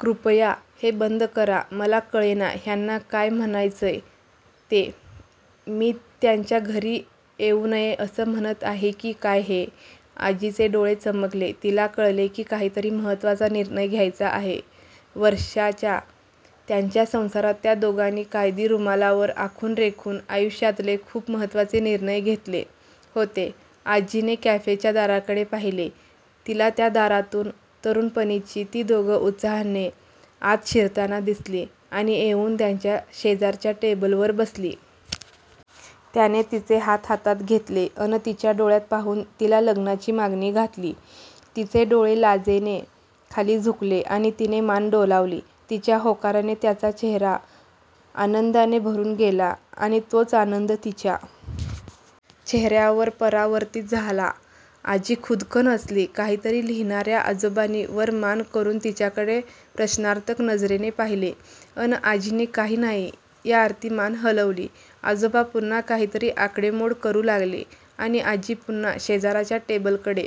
कृपया हे बंद करा. "मला कळेना ह्यांना काय म्हणायचय ते. मी त्यांच्या घरी येऊ नये असं म्हणत आहे कि काय हे?. आजीचे डोळे चमकले, तिला कळले कि काहीतरी महत्वाचा निर्णय घ्यायचा आहे, वर्षाच्या त्यांच्या संसारात त्या दोघांनी कागदी रुमालावर आखून रेखून आयुष्यातले खूप महत्वाचे निर्णय घेतले होतेआजी ने कॅफेच्या दाराकडे पाहिले, तिला त्या दारातून तरुणपणीची ती दोघं उत्साहाने आत शिरताना दिसलीआणि येउन त्यांच्या शेजारच्या टेबलवर बसली.. त्याने तिचे हात हातात घेतले अन तिच्या डोळ्यात पाहून तिला लग्नाची मागणी घातली, तिचे डोळे लाजेने खाली झुकले आणि तिने मान डोलावली, तिच्या होकाराने त्याचा चेहेरा आनंदाने भरून गेला आणि तोच आनंद तिच्या चेहेऱ्यावर परावर्तित झालाआजी खुदकन हसली, काहीतरी लिहिणाऱ्या आजोबांनी वर मान करून तिच्याकडे प्रश्नार्थक नजरेने पाहिले, अन आजीने काही नाही या अर्थी मान हलवली, आजोबा पुन्हा काहीतरी आकडेमोड करू लागलेआणि आजी पुन्हा शेजारच्या टेबलकडे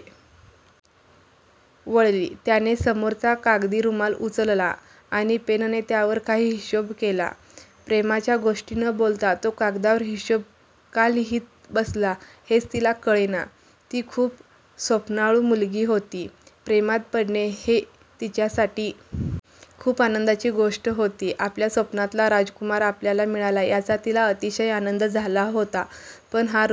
वळलीत्याने समोरचा कागदी रुमाल उचलला आणि पेनने त्यावर काही हिशोब केला, प्रेमाच्या गोष्टी न बोलता तो कागदावर हिशोब का लिहित बसला हेच तिला कळेना, ती खूप स्वप्नाळू मुलगी होती, प्रेमात पडणे ही तिच्यासाठी खूप आनंदाची गोष्ट होती, आपल्या स्वप्नातला राजकुमार आपल्याला मिळाला याचा तिला अतिशय आनंद झाला होतापण हा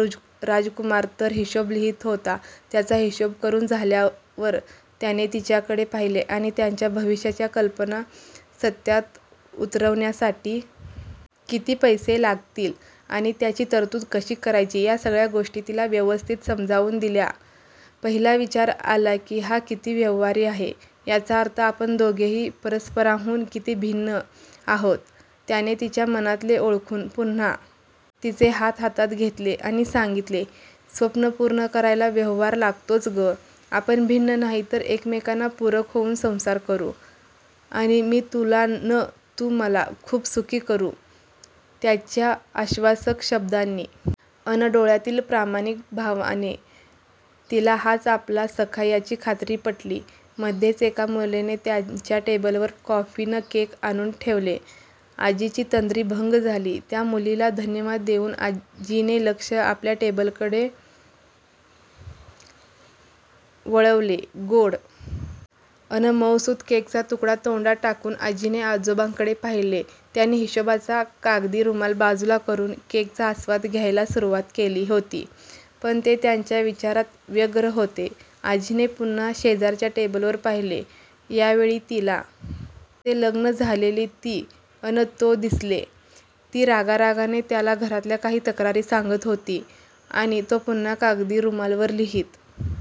राजकुमार तर हिशोब लिहित होतात्याचा हिशोब करून झाल्यावर त्याने तिच्याकडे पाहिले आणि त्यांच्या भविष्याच्या कल्पना सत्यात उतरवण्यासाठी किती पैसे लागतील आणि त्याची तरतूद कशी करायची या सगळ्या गोष्टी तिला व्यवस्थित समजावून दिल्यापहिला विचार आला कि "हा किती व्यवहारी आहे"याचा अर्थ आपण दोघेही परस्परांहून किती भिन्न आहोतत्याने तिच्या मनातले ओळखून पुन्हा तिचे हात हातात घेतले आणि सांगितले," स्वप्न पूर्ण करायला व्यवहार लागतोच ग, आपण भिन्न नाही तर एकमेकांना पूरक होऊन संसार करू, आणि मी तुला न तू मला खूप सुखी करू" त्याच्या आश्वासक शब्दांनी अन डोळ्यातील प्रामाणिक भावाने तिला हाच आपला सखा याची खात्री पटलीमध्येच एका मुलीने त्यांच्या टेबलवर कॉफी न केक आणून ठेवले, आजीची तंद्री भंग झाली, त्या मुलीला धन्यवाद देऊन आजीने लक्ष आपल्या टेबलकडे वळवलेगोड अन मऊसुत केकचा तुकडा तोंडात टाकून आजीने आजोबांकडे पाहिले, त्यांनी हिशोबाचा कागदी रुमाल बाजूला करून केकचा आस्वाद घ्यायला सुरुवात केली होती पण ते त्यांच्या विचारात व्यग्र होतेआजीने पुन्हा शेजारच्या टेबलवर पाहिले, यावेळी तिला तेथे लग्न झालेली ती अन तो दिसलेती रागारागाने त्याला घरातल्या काही तक्रारी सांगत होती आणि तो पुन्हा कागदी रुमालावर लिहित